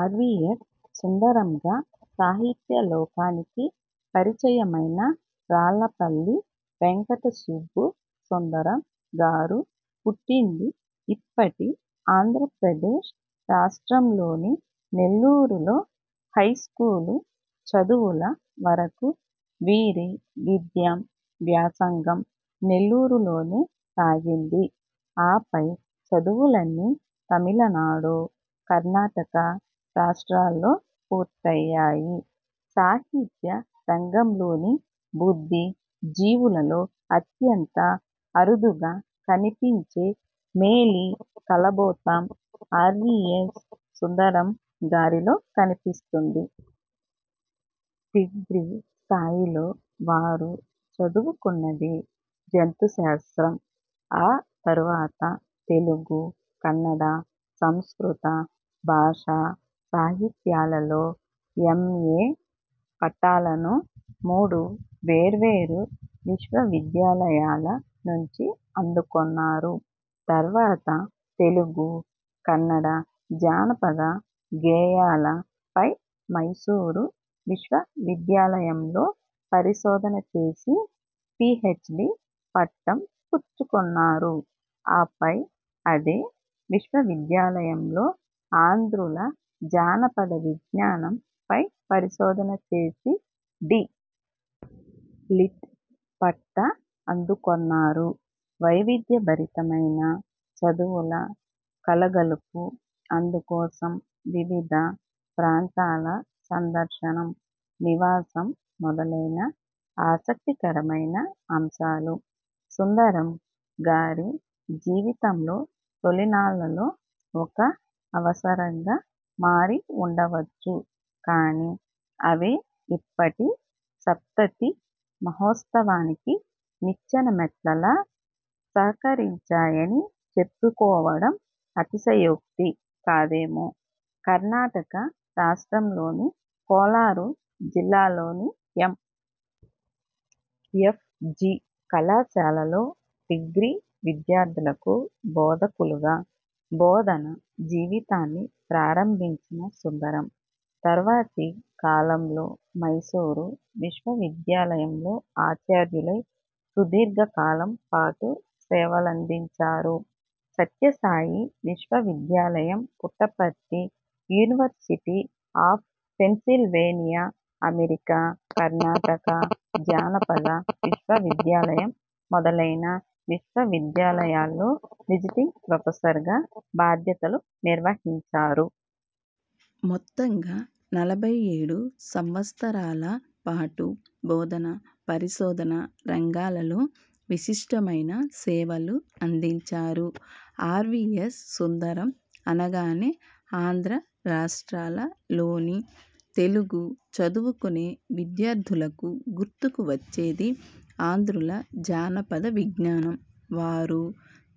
RVS సుందరంగా సాహిత్య లోకానికి పరిచయమైన రాళ్ళపల్లి వెంకట సుబ్బు సుందరం గారు పుట్టింది ఇప్పటి ఆంధ్రప్రదేశ్ రాష్ట్రంలోని నెల్లూరులో. హైస్కూలు చదువుల వరకు వీరి విద్యా వ్యాసంగం నెల్లూరులోనే సాగింది. ఆపై చదువులన్నీ తమిళనాడు, కర్ణాటక రాష్టాల్లో పూర్తయ్యాయి. సాహిత్య రంగంలోని బుద్ధి జీవులలో అత్యంత అరుదుగా కనిపించే మేలి కలబోత ఆర్వీయస్ సుందరం గారిలో కనిపిస్తుంది. డిగ్రీ స్థాయిలో వారు చదువుకున్నది జంతుశాస్త్రం. ఆ తరువాత, తెలుగు, కన్నడ, సంస్కృత భాషా సాహిత్యాలలో ఎమ్. ఏ. పట్టాలను మూడు వేర్వేరు విశ్వవిద్యాలయాల నుంచి అందుకొన్నారు. తర్వాత, 'తెలుగు, కన్నడ జానపద గేయాల'పై మైసూరు విశ్వవిద్యాలయంలో పరిశోధన చేసి, పీహెచ్డీ పట్టం పుచ్చుకొన్నారు. ఆపై, అదే విశ్వవిద్యాలయంలో 'ఆంధ్రుల జానపద విజ్ఞానం'పై పరిశోధన చేసి, డి. లిట్. పట్టా అందుకొన్నారు. వైవిధ్యభరితమైన చదువుల కలగలుపు, అందుకోసం వివిధ ప్రాంతాల సందర్శనం, నివాసం మొదలైన ఆసక్తికరమైన అంశాలు, సుందరం గారి జీవితంలో తొలినాళ్ళలో ఒక అవసరంగా మారి ఉండవచ్చు. కానీ, అవే ఇప్పటి సప్తతి మహోత్సవానికి నిచ్చెనమెట్లలా సహకరించాయని చెప్పుకోవడం అతిశయోక్తి కాదేమో! కర్ణాటక రాష్ట్రంలోని కోలారు జిల్లాలోని ఎం. ఎఫ్. జి. కళాశాలలో డిగ్రీ విద్యార్థులకు బోధకులుగా, బోధన జీవితాన్ని ప్రారంభించిన సుందరం, తర్వాతి కాలంలో మైసూరు విశ్వవిద్యాలయంలో ఆచార్యులై సుదీర్ఘకాలం పాటు సేవలందించారు. సత్యసాయి విశ్వవిద్యాలయం Puttaparthi, university of Pennsylvania America, Karnataka జానపద విశ్వవిద్యాలయం మొదలైన విశ్వవిద్యాలయాల్లో విజిటింగ్ ప్రొఫెసర్గా బాధ్యతలు నిర్వహించారు. మొత్తంగా నలభై ఏడు సంవత్సరాల పాటు బోధన, పరిశోధన రంగాలలో విశిష్టమైన సేవలు అందించారు. ఆర్వీయస్ సుందరం అనగానే ఆంధ్ర రాష్ట్రాల లోని తెలుగు చదువుకునే విద్యార్థులకు గుర్తుకు వచ్చేది 'ఆంధ్రుల జానపద విజ్ఞానం'. వారు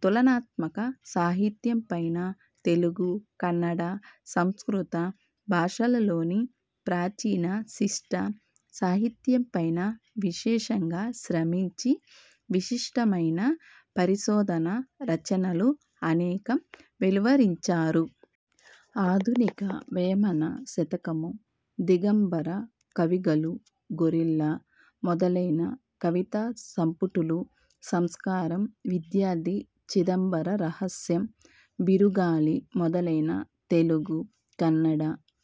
తులనాత్మక సాహిత్యంపైనా, తెలుగు, కన్నడ, సంస్కృత భాషలలోని ప్రాచీన శిష్ట సాహిత్యంపైనా విశేషంగా శ్రమించి, విశిష్టమైన పరిశోధణ రచనలు అనేకం వెలువరించారు. ఆధునిక వేమన శతకము, దిగంబర కవిగళు, గొరిల్లా, మొదలైన కవితా సంపుటులు, సంస్కారం, విద్యార్థి, చిదంబర రహస్యం, బిరుగాళి మొదలైన తెలుగు, కన్నడ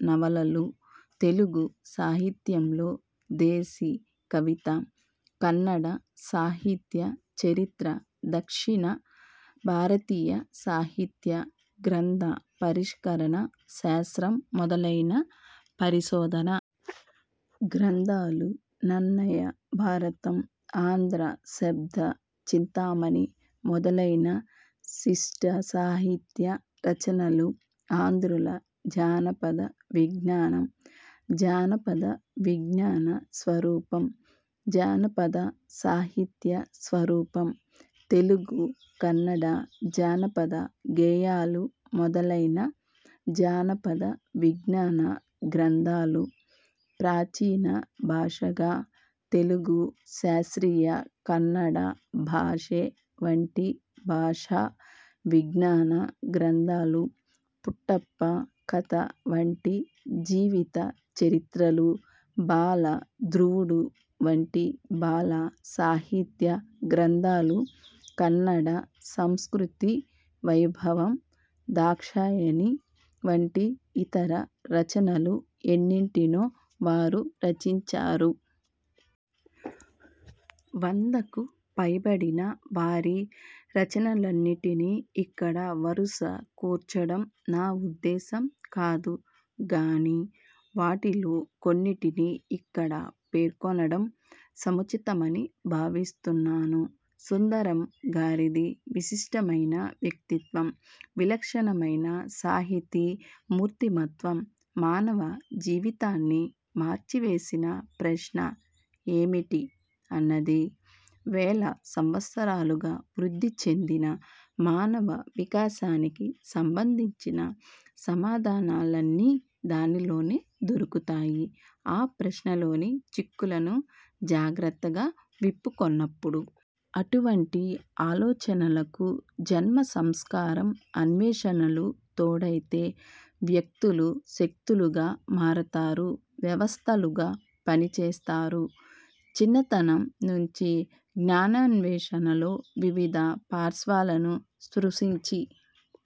నవలలు, తెలుగు సాహిత్యంలో దేశి కవిత, కన్నడ సాహిత్య చరిత్ర, దక్షిణ భారతీయ సాహిత్య, గ్రంథ పరిష్కరణ శాస్త్రం మొదలైన పరిశోధన గ్రంథాలు, నన్నయ భారతం, ఆంధ్ర శబ్ద చింతామణి మొదలైన శిష్టసాహిత్య రచనలు, ఆంధ్రుల జానపద విజ్ఞానం, జానపద విజ్ఞాన స్వరూపం, జానపద సాహిత్య స్వరూపం, తెలుగు కన్నడ జానపద గేయాలు మొదలైన జానపద విజ్ఞాన గ్రంథాలు, ప్రాచీన భాషగా తెలుగు, శాస్త్రీయ కన్నడ భాషె వంటి భాషా విజ్ఞాన గ్రంథాలు, పుట్టప్ప కథ వంటి జీవిత చరిత్రలు, బాల ధ్రువుడు వంటి బాల సాహిత్య గ్రంథాలు, కన్నడ సంస్కృతి వైభవం, దాక్షాయణి వంటి ఇతర రచనలు ఎన్నింటినో వారు రచించారు. వందకు పైబడిన వారి రచనలన్నిటినీ ఇక్కడ వరుస కూర్చడం నా ఉద్దేశం కాదు గాని, వాటిలో కొన్నిటిని ఇక్కడ పేర్కొనడం సముచితమని భావిస్తున్నాను. సుందరం గారిది విశిష్టమైన వ్యక్తిత్వం. విలక్షణమైన సాహితీ మూర్తిమత్వం. మానవ జీవితాన్ని మార్చివేసిన ప్రశ్న 'ఏమిటి? ' అన్నది. వేల సంవత్సరాలుగా వృద్ధి చెందిన మానవ వికాసానికి సంబంధించిన సమాధానాలన్నీ దానిలోనే దొరుకుతాయి ఆ ప్రశ్నలోని చిక్కులను జాగ్రత్తగా విప్పుకొన్నప్పుడు. అటువంటి ఆలోచనలకు జన్మ సంస్కారం, అన్వేషణలు తోడైతే వ్యక్తులు శక్తులుగా మారతారు. వ్యవస్థలుగా పనిచేస్తారు. చిన్నతనం నుంచీ జ్ఞానాన్వేషణలో వివిధ పార్శ్వాలను స్పృశించి,